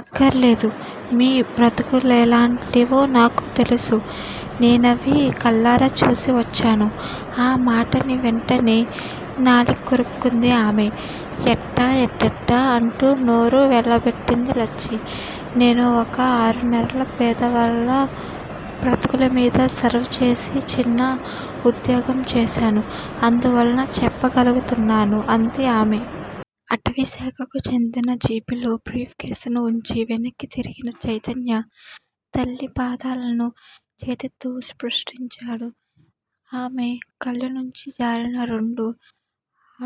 అక్కర్లేదు, మీ బ్రతుకులెలాంటివో నాకు తెలుసు. నేనవి కళ్ళారా చూసి వచ్చాను ఆ మాటని వెంటనే నాలిక్కొరుక్కుంది ఆమె. ఎట్టా, ఎట్టెట్టా? అంటూ నోరు వెళ్ళబెట్టింది లచ్చి. నేను వక ఆరునెలలు పేదవాళ్ళ బ్రతుకులమీద సర్వ్ చేసే చిన్న ఉద్యోగం చేశాను. అందువలన చెప్పగలుగుతున్నాను అంది ఆమె. అటవీశాఖకు చెందిన జీపులో బ్రీప్ కేస్ ను వుంచి వెనక్కి తిరిగిన చైతన్య తల్లి పాదాలను చేతితో స్పృశించాడు. ఆమె కళ్ళు నుంచి జారిన రెండు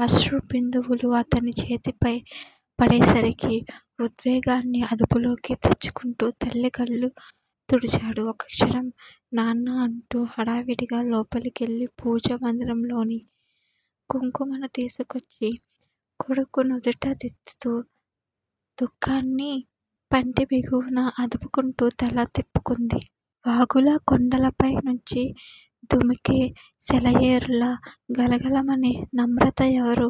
అశ్రుబిందువులు అతని చేతిపై పడేసరికి ఉద్వేగాన్ని అదుపులోకి తెచ్చుకుంటూ తల్లి కళ్ళు తుడిచాడు. ఒక్కక్షణం, నాన్నా! అంటూ హడావుడిగా లోపలికివెళ్లి పూజా మందిరంలోని కుంకుమని తీసుకొచ్చి కొడుకు నుదుట దిద్దుతూ, దుఃఖాన్ని పంటిబిగువున ఆపుకుంటూ తల తిప్పుకుంది. వాగులా, కొండలపైనుంచి దుమికే సెలయేరులా గలగలమనే నమ్రత ఎవరో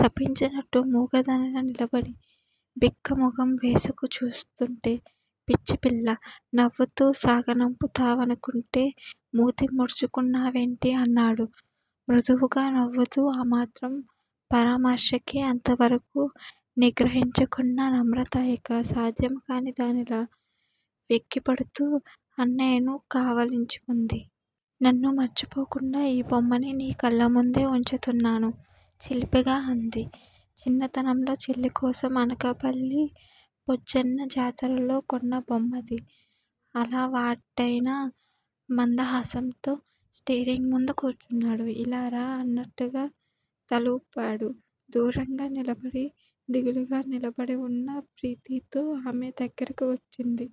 శపించినట్టూ మూగదానిలా నిలబడి బిక్కమొగం వేసుకు చూస్తూంటే పిచ్చిపిల్లా! నవ్వుతూ సాగనంపుతావనుకుంటే మూతి ముడుచుక్కూన్నావేంటటే? అన్నాడు మృదువుగా నవ్వుతూ. ఆమాత్రం పరామర్శకే అంతవరకూ నిగ్రహించుకున్న నమ్రత ఇక సాధ్యం కాని దానిలా వెక్కిపడుతూ అన్నయ్యను కావలించేసుకుంది. నన్ను మర్చిపోకుండా ఈ బొమ్మని నీ కళ్ళముందే ఉంచుతున్నాను చిలిపిగా అంది. చిన్నతనంలో చెల్లికోసం అనకాపల్లి బొజ్జన్న జాతరలో కొన్న బొమ్మది. అలవాటైన మందహాసంతో స్టీరింగ్ ముందు కూచున్నాడు. ఇలా రా అన్నట్టుగా తలూపాడు. దూరంగా నిలబడి దిగులుగా నిలబడివున్న ప్రీతితో. ఆమె దగ్గరకు వచ్చింది.